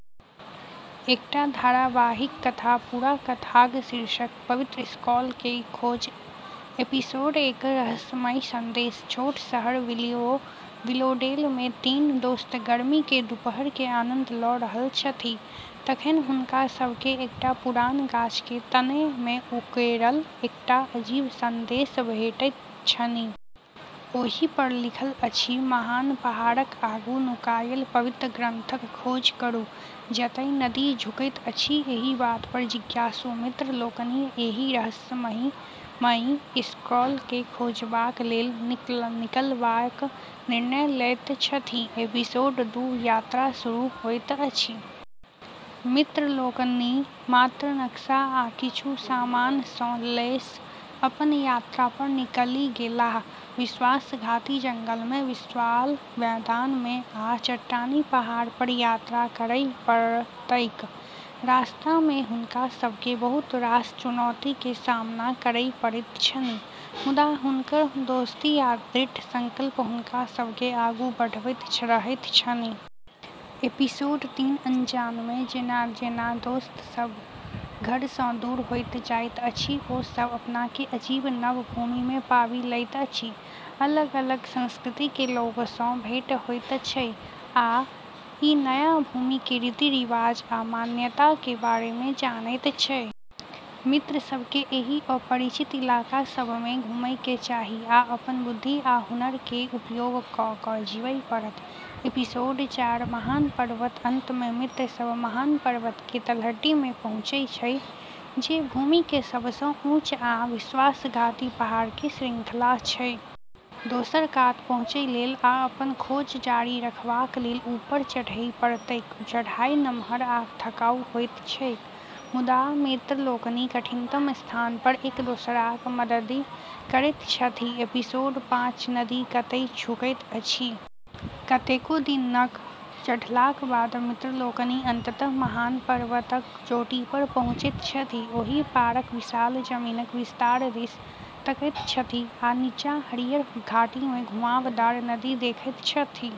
एकटा धारावाहिक कथा। पूरा कथाक शीर्षक: पवित्र स्क्रॉल के खोज। एपिसोड एक: रहस्यमय संदेश। छोट शहर विलोडेल मे तीन दोस्त गर्मी के दुपहर के आनंद ल' रहल छथि तखन हुनका सब के एकटा पुरान गाछ के तने मे उकेरल एकटा अजीब संदेश भेटैत छनि। ओहि पर लिखल अछि, "महान पहाड़क आगू नुकायल पवित्र ग्रंथक खोज करू, जतय नदी झुकैत अछि।" एहि बात पर जिज्ञासु मित्र लोकनि एहि रहस्यमयी स्क्रॉल के खोजबाक लेल निकलयबाक निर्णय लैत छथि। एपिसोड दू: यात्रा शुरू होइत अछि। मित्र लोकनि मात्र नक्शा आ किछु सामान सँ लैस अपन यात्रा पर निकलि गेलाह। विश्वासघाती जंगल मे, विशाल मैदान मे, आ चट्टानी पहाड़ पर यात्रा करय पड़तैक। रास्ता मे हुनका सब के बहुत रास चुनौती के सामना करय पड़ैत छनि, मुदा हुनकर दोस्ती आ दृढ़ संकल्प हुनका सब के आगू बढ़बैत रहैत छनि। एपिसोड तीन: अनजान में। जेना-जेना दोस्त सब घर सँ दूर होइत जाइत अछि, ओ सब अपना के अजीब, नव भूमि मे पाबि लैत अछि। अलग-अलग संस्कृति के लोग सँ भेंट होइत छै, आ ई नया भूमि के रीति-रिवाज आ मान्यता के बारे मे जानैत छै। मित्र सब के एहि अपरिचित इलाका सब मे घुमय के चाही, आ अपन बुद्धि आ हुनर के उपयोग क' क' जीबय पड़त। एपिसोड चार: महान पर्वत। अंत मे मित्र सब महान पर्वत के तलहटी मे पहुँचै छै, जे भूमि के सबसँ ऊँच आ विश्वासघाती पहाड़ के श्रृंखला छै। दोसर कात पहुँचय लेल आ अपन खोज जारी रखबाक लेल ऊपर चढ़य पड़तैक। चढ़ाई नमहर आ थकाऊ होइत छैक, मुदा मित्र लोकनि कठिनतम स्थान पर एक दोसराक मददि करैत छथि। एपिसोड पाँच: नदी कतय झुकैत अछि। कतेको दिनक चढ़लाक बाद मित्र लोकनि अंततः महान पर्वतक चोटी पर पहुँचैत छथि। ओहि पारक विशाल जमीनक विस्तार दिस तकैत छथि, आ नीचाँ हरियर घाटी मे घुमावदार नदी देखैत छथि।